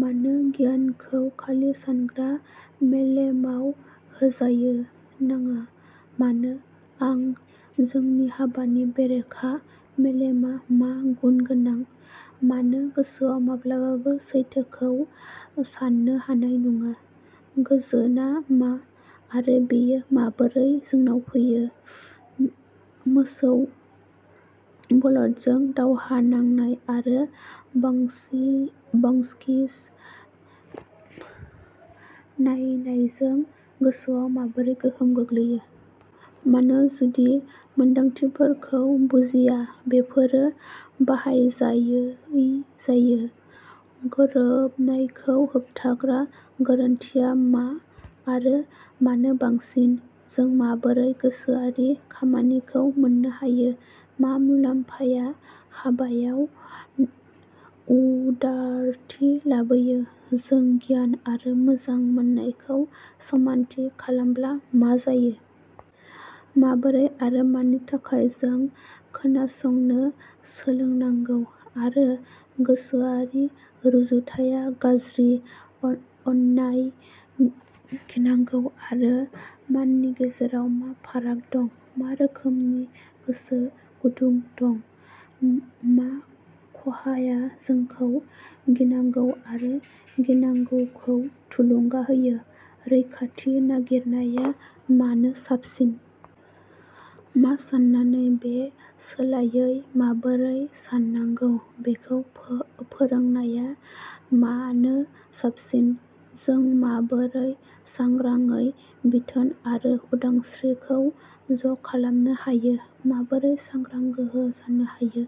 मानो गियानखौ खालि सानग्रा मेलेमावल'होजानो नाङा? मानो? आं? जोंनि हाबानि बेरेखा? मेलेमआ मा गुन गोनां? मानो गोसोआ माब्लाबाबो सैथोखौ साननो हानाय नङा? गोजोनआ मा आरो बेयो माबोरै जोंनाव फैयो? मोसौ बलदजों दावहा नांनाय आरो बक्सिं नायनायजों गोसोआ माबोरै गोहोम गोग्लैयो? मानो, जुदि मोन्दांथिफोरखौ बुजिया, बेफोरो बाहायजायै जायो? गोरोबनायखौ होबथाग्रा गोरोन्थिआ मा आरो मानो बांसिन? जों माबोरै गोसोआरि खामानिखौ मोन्नो हायो? मा मुलाम्फाया हाबायाव उदारथि लाबोयो? जों गियान आरो मोजां मोननायखौ समानथि खालामाब्ला मा जायो? माबोरै आरो मानि थाखाय जों खोनासंनो सोलोंनांगौ? मानो गोसोआरि रुजुथाया गाज्रि? अननाय, गिनांगौ आरो माननि गेजेराव मा फाराग दं? मा रोखोमनि गोसो गुदुं दं? मा खहाआ जोंखौ गिनांगौ आरो गिनांगौखौ थुलुंगा होयो? रैखाथि नागिरनाया मानो साबसिन? मा साननानै बेनि सोलायै माबोरै साननांगौ बेखौ फोरोंनाया मानो साबसिन? जों माबोरै सांग्रांयै बिथोन आरो उदांस्रिखौ ज'खालामनो हायो? माबोरै सांग्रां गोहो जानो हायो?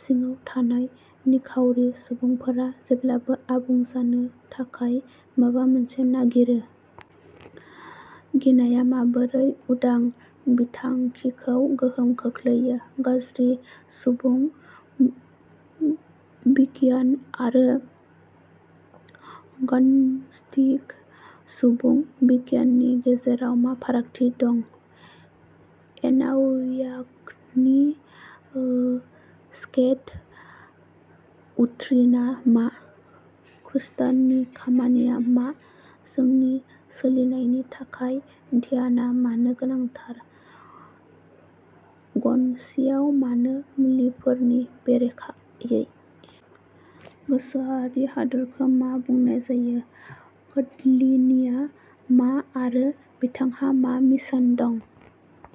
सिङाव थानाय निखावरि सुबुंफोरा जेब्लाबो आबुं जानो थाखाय माबा मोनसे नागिरो। गिनाया माबोरै उदां बिथांखिखौ गोहोम खोख्लैयो? गाज्रि सुबुं बिगियान आरो ग'नस्टिक सुबुं बिगियाननि गेजेराव मा फारागथि दं? एनाहुआकनि सिक्रेट डक्ट्रिनआ मा? खृष्टनि खामानिया मा? जोंनि सोलायनायनि थाखाय ध्यानआ मानो गोनांथार? ग'न'सिसआ मानो मुलिफोरनि बेरेखायै? गोसोआरि हादोरखौ मा बुंनाय जायो? कुण्डलिनीआ मा आरो बिथांहा मा मिशन दं?